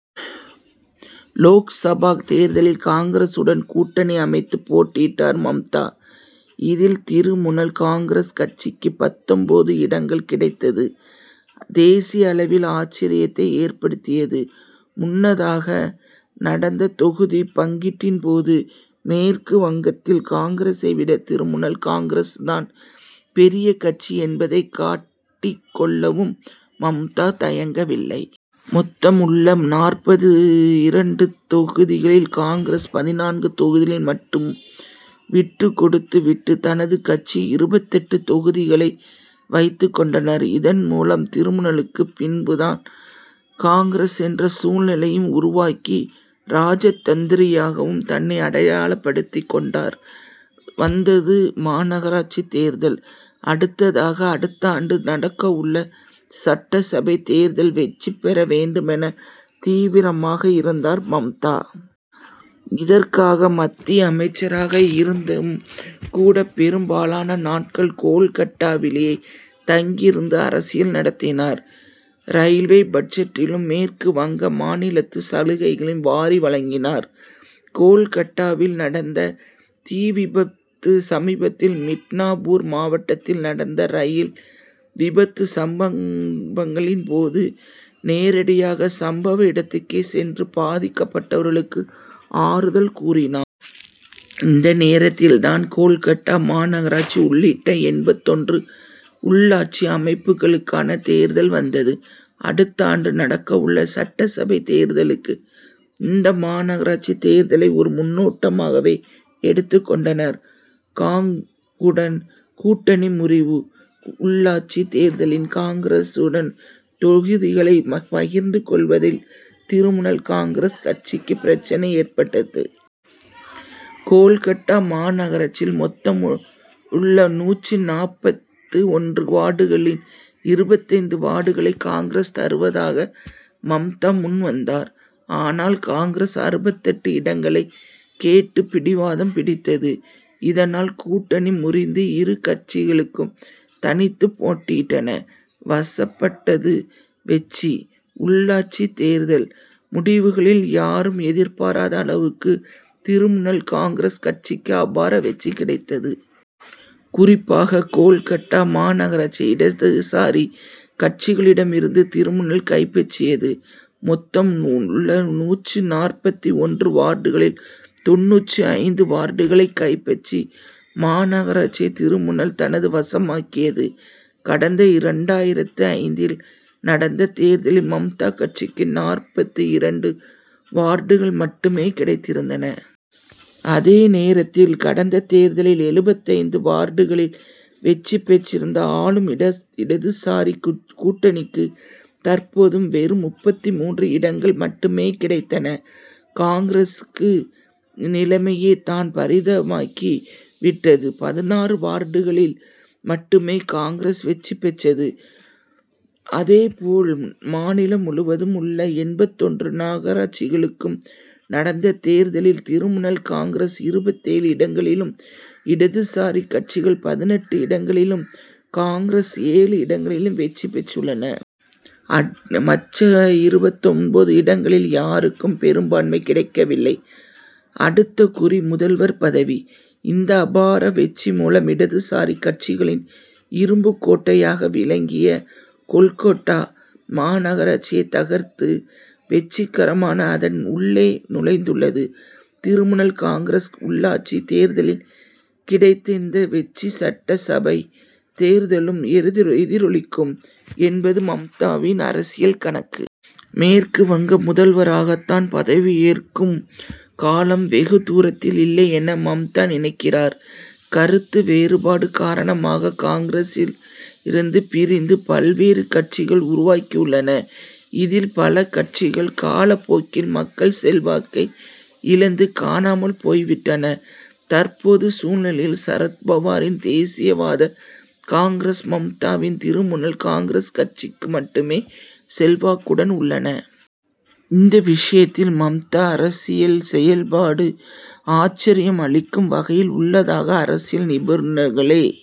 லோக்சபா தேர்தலில் காங்கிரசுடன் கூட்டணி அமைத்து போட்டியிட்டார் மம்தா. இதில் திரிணமுல் காங்கிரஸ் கட்சிக்கு பத்தொன்பது இடங்கள் கிடைத்தது தேசிய அளவில் ஆச்சர்யத்தை ஏற்படுத்தியது. முன்னதாக நடந்த தொகுதி பங்கீட்டின்போது மேற்கு வங்கத்தில் காங்கிரசை விட திரிணமுல் காங்கிரஸ் தான் பெரிய கட்சி என்பதை காட்டிக் கொள்ளவும் மம்தா தயங்கவில்லை. மொத்தம் உள்ள நாற்பது இரண்டு தொகுதிகளில் காங்கிரசுக்கு பதினான்கு தொகுதிகளை மட்டும் விட்டுகொடுத்து விட்டு தனது கட்சிக்கு இருபத்தெட்டு தொகுதிகளை வைத்துக் கொண்டார். இதன்மூலம் திரிணமுலுக்கு பின் தான் காங்கிரஸ் என்ற சூழ்நிலையை உருவாக்கி ராஜதந்திரியாகவும் தன்னை அடையாளப்படுத்தி கொண்டார். வந்தது மாநகராட்சி தேர்தல்: அடுத்ததாக அடுத்தாண்டு நடக்கவுள்ள சட்டசபை தேர்தலில் வெற்றி பெற வேண்டுமென தீவிரமாக இருந்தார் மம்தா. இதற்காக மத்திய அமைச்சராக இருந்தும் கூட பெரும்பாலான நாட்கள் கோல்கட்டாவிலேயே தங்கியிருந்து அரசியல் நடத்தினார். ரயில்வே பட்ஜெட்டிலும் மேற்கு வங்க மாநிலத்துக்கு சலுகைகளை வாரி வழங்கினார். கோல்கட்டாவில் நடந்த தீ விபத்து சமீபத்தில் மிட்னாபூர் மாவட்டத்தில் நடந்த ரயில் விபத்து சம்பவங்களின் போது நேரடியாக சம்பவ இடத்துக்கே சென்று பாதிக்கப்பட்டவர்களுக்கு ஆறுதல் கூறினார். இந்த நேரத்தில் தான் கோல்கட்டா மாநகராட்சி உள்ளிட்ட எண்பத்தொன்று உள்ளாட்சி அமைப்புகளுக்கான தேர்தல் வந்தது. அடுத்தாண்டு நடக்கவுள்ள சட்டசபை தேர்தலுக்கு இந்த மாநகராட்சி தேர்தலை ஒரு முன்னோட்டமாகவே எடுத்துக் கொண்டார். காங்.குடன் கூட்டணி முறிவு: உள்ளாட்சி தேர்தலில் காங்கிரசுடன் தொகுதிகளை பகிர்ந்து கொள்வதில் திரிணமுல் காங்கிரஸ் கட்சிக்கு பிரச்னை ஏற்பட்டது. கோல்கட்டா மாநகராட்சியில் மொத்தம் உள்ள நூற்று நாற்பத்து ஒன்று வார்டுகளில் இருபத்தைந்து வார்டுகளை காங்கிரசுக்கு தருவதற்கு மம்தா முன்வந்தார். ஆனால் காங்கிரஸ் அறுபத்தெட்டு இடங்களை கேட்டு பிடிவாதம் பிடித்தது. இதனால் கூட்டணி முறிந்து இரு கட்சிகளும் தனித்து போட்டியிட்டன. வசப்பட்டது வெற்றி: உள்ளாட்சி தேர்தல் முடிவுகளில் யாரும் எதிர்பார்க்காத அளவுக்கு திரிணமுல் காங்கிரஸ் கட்சிக்கு அபார வெற்றி கிடைத்தது. குறிப்பாக கோல்கட்டா மாநகராட்சியை இடதுசாரி கட்சிகளிகளிடமிருந்து திரிணமுல் கைப்பற்றியது. மொத்தம் உள்ள நூற்று நாற்பத்து ஒன்று வார்டுகளில் தொண்ணூற்று ஐந்து வார்டுகளை கைப்பற்றி மாநகராட்சியை திரிணமுல் தனது வசமாக்கியது. கடந்த இரண்டாயிரத்து ஐந்தில் நடந்த தேர்தலில் மம்தா கட்சிக்கு நாற்பத்து இரண்டு வார்டுகள் மட்டுமே கிடைத்திருந்தன. அதே நேரத்தில் கடந்த தேர்தலில் எழுபத்தைந்து வார்டுகளில் வெற்றி பெற்றிருந்த ஆளும் இடதுசாரி கூட்டணிக்கு தற்போது வெறும் முப்பத்து மூன்று இடங்கள் மட்டுமே கிடைத்தன. காங்கிரஸ் நிலைமை தான் பரிதாபமாகி விட்டது. பதினாறு வார்டுகளில் மட்டுமே காங்கிரஸ் வெற்றி பெற்றது. அதேபோல் மாநிலம் முழுவதும் உள்ள எண்பத்தொன்று நகராட்சிகளுக்கு நடந்த தேர்தல்களில் திரிணமுல் காங்கிரஸ் இருபத்தேழு இடங்களிலும் இடதுசாரி கட்சிகள் பதினெட்டு இடங்களிலும் காங்கிரஸ் ஏழு இடங்களிலும் வெற்றி பெற்றுள்ளன. மற்ற இருபத்தொன்பது இடங்களில் யாருக்கும் பெரும்பான்மை கிடைக்கவில்லை. அடுத்த குறி முதல்வர் பதவி: இந்த அபார வெற்றி மூலம் இடதுசாரி கட்சிகளின் இரும்புக் கோட்டையாக விளங்கிய கோல்கட்டா மாநகராட்சியை தகர்த்து வெற்றிகரமாக அதன் உள்ளே நுழைந்துள்ளது திரிணமுல் காங்கிரஸ். உள்ளாட்சி தேர்தலில் கிடைத்த இந்த வெற்றி சட்டசபை தேர்தலிலும் எதிரொலிக்கும் என்பது மம்தாவின் அரசியல் கணக்கு. மேற்கு வங்க முதல்வராக தான் பதவியேற்கும் காலம் வெகு தூரத்தில் இல்லையென மம்தா நினைக்கிறார். கருத்து வேறுபாடு காரணமாக காங்கிரசிலிருந்து பிரிந்து பல்வேறு கட்சிகள் உருவாகியுள்ளன. இதில் பல கட்சிகள் காலப்போக்கில் மக்கள் செல்வாக்கை இழந்து காணாமல் போய் விட்டன. தற்போதுள்ள சூழ்நிலையில் சரத்பவாரின் தேசியவாத காங்கிரஸ் மம்தாவின் திரிணமுல் காங்கிரஸ் கட்சிகள் மட்டுமே செல்வாக்குடன் உள்ளன. இந்த விஷயத்தில் மம்தாவின் அரசியல் செயல்பாடு ஆச்சர்யம் அளிக்கும் வகையில் உள்ளதாக அரசியல் நிபுணர்களே